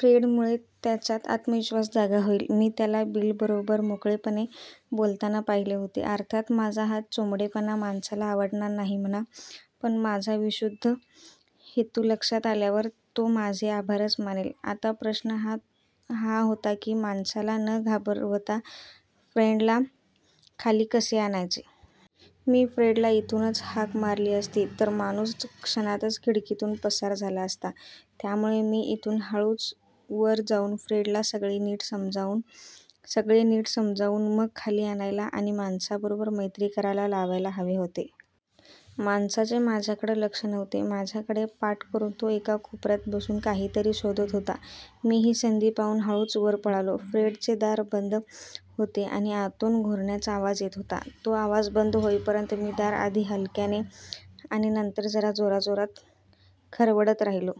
फ्रेडमुळे त्याच्यात आत्मविश्वास जागा होईल. मी त्याला बिलबरोबर मोकळेपणे बोलताना पाहिले होते. अर्थात माझा हा चोंबडेपणा माणसाला आवडणार नाही म्हणा, पण माझा विशुद्ध हेतू लक्षात आल्यावर तो माझे आभारच मानेल. आता प्रश्न हा होता की माणसाला न घाबरवता फ्रेडला खाली कसे आणायचे? मी फ्रेडला इथूनच हाक मारली असती तर माणूस क्षणातच खिडकीतून पसार झाला असता. त्यामुळे मी इथून हळूच वर जाऊन फ्रेडला सगळे नीट समजावून मग खाली आणायला आणि माणसाबरोबर मैत्री करायला लावायला हवे होते. माणसाचे माझ्याकडे लक्ष नव्हते. माझ्याकडे पाठ करून तो एका कोपऱ्यात बसून काहीतरी शोधत होता. मी ही संधी पाहून हळूच वर पळालो. फ्रेडचे दार बंद होते आणि आतून घोरण्याचा आवाज येत होता. तो आवाज बंद होईपर्यंत मी दार आधी हलक्याने आणि नंतर जरा जोरात खरवडत राहिलो.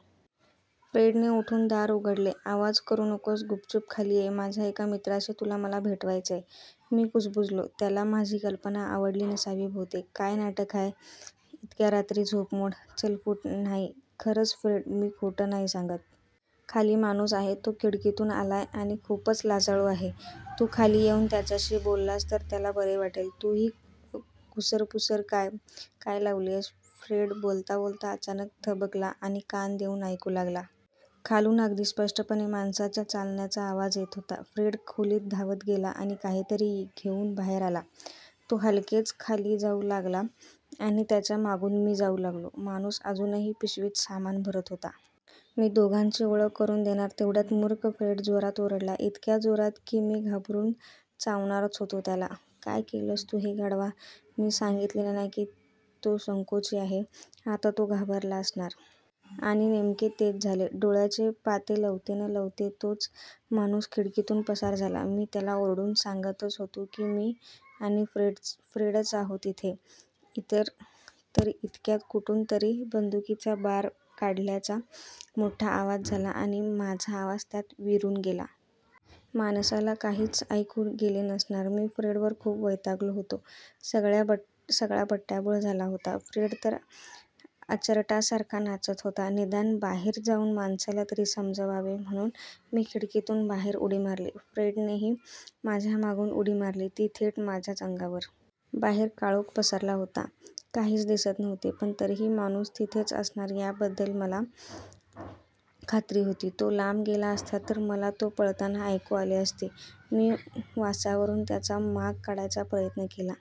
फ्रेडने उठून दार उघडले. आवाज करू नकोस, गुपचुप खाली ये. माझ्या एका मित्राशी तुला मला भेटवायचेय. मी कुजबुजलो. त्याला माझी कल्पना आवडली नसावी बहुतेक. काय नाटक हाय? इतक्या रात्री झोपमोड? चल फुट. नाही, खरंच फ्रेड, मी खोटं नाही सांगत. खाली माणूस आहे. तो खिडकीतून आलाय आणि खूपच लाजाळू आहे. तू खाली येऊन त्याच्याशी बोललास तर त्याला बरे वाटेल. तू ही खुसरपुसर काय लावलीयस? फ्रेड बोलताबोलता अचानक थबकला आणि कान देऊन ऐकू लागला. खालून अगदी स्पष्टपणे माणसाच्या चालण्याचा आवाज येत होता. फ्रेड खोलीत धावत गेला आणि काहीतरी घेऊन बाहेर आला. तो हलकेच खाली जाऊ लागला आणि त्याच्या मागून मी जाऊ लागलो. माणूस अजूनही पिशवीत सामान भरत होता. मी दोघांची ओळख करून देणार तेवढ्यात मुर्ख फ्रेड जोरात ओरडला. इतक्या जोरात की मी घाबरून चावणारच होतो त्याला. काय केलंस तू हे गाढवा? मी सांगितलेलं ना तो संकोची आहे? आता तो घाबरला असणार! आणि नेमके तेच झाले. डोळ्याचे पाते लवते न लवते तोच माणूस खिडकीतून पसार झाला. मी त्याला ओरडून सांगतच होतो की मी आणि फ्रेडच आहोत इथे, तर इतक्यात कुठूनतरी बंदुकीचा बार काढल्याचा मोठ्ठा आवाज झाला आणि माझा आवाज त्यात विरून गेला. माणसाला काहीच ऐकू गेले नसणार. मी फ्रेडवर खूप वैतागलो होतो. सगळा बट्याबोळ झाला होता. फ्रेड तर आचरटासारखा नाचत होता. निदान बाहेर जाऊन माणसाला तरी समजवावे म्हणून मी खिडकीतून बाहेर उडी मारली. फ्रेडनेही माझ्या मागून उडी मारली ती थेट माझ्याच अंगावर. बाहेर काळोख पसरला होता. काहीच दिसत नव्हते पण तरीही माणूस तिथेच असणार याबद्दल मला खात्री होती. तो लांब गेला असता तर मला तो पळताना ऐकू आले असते. मी वासावरून त्याचा माग काढायचा प्रयत्न केला.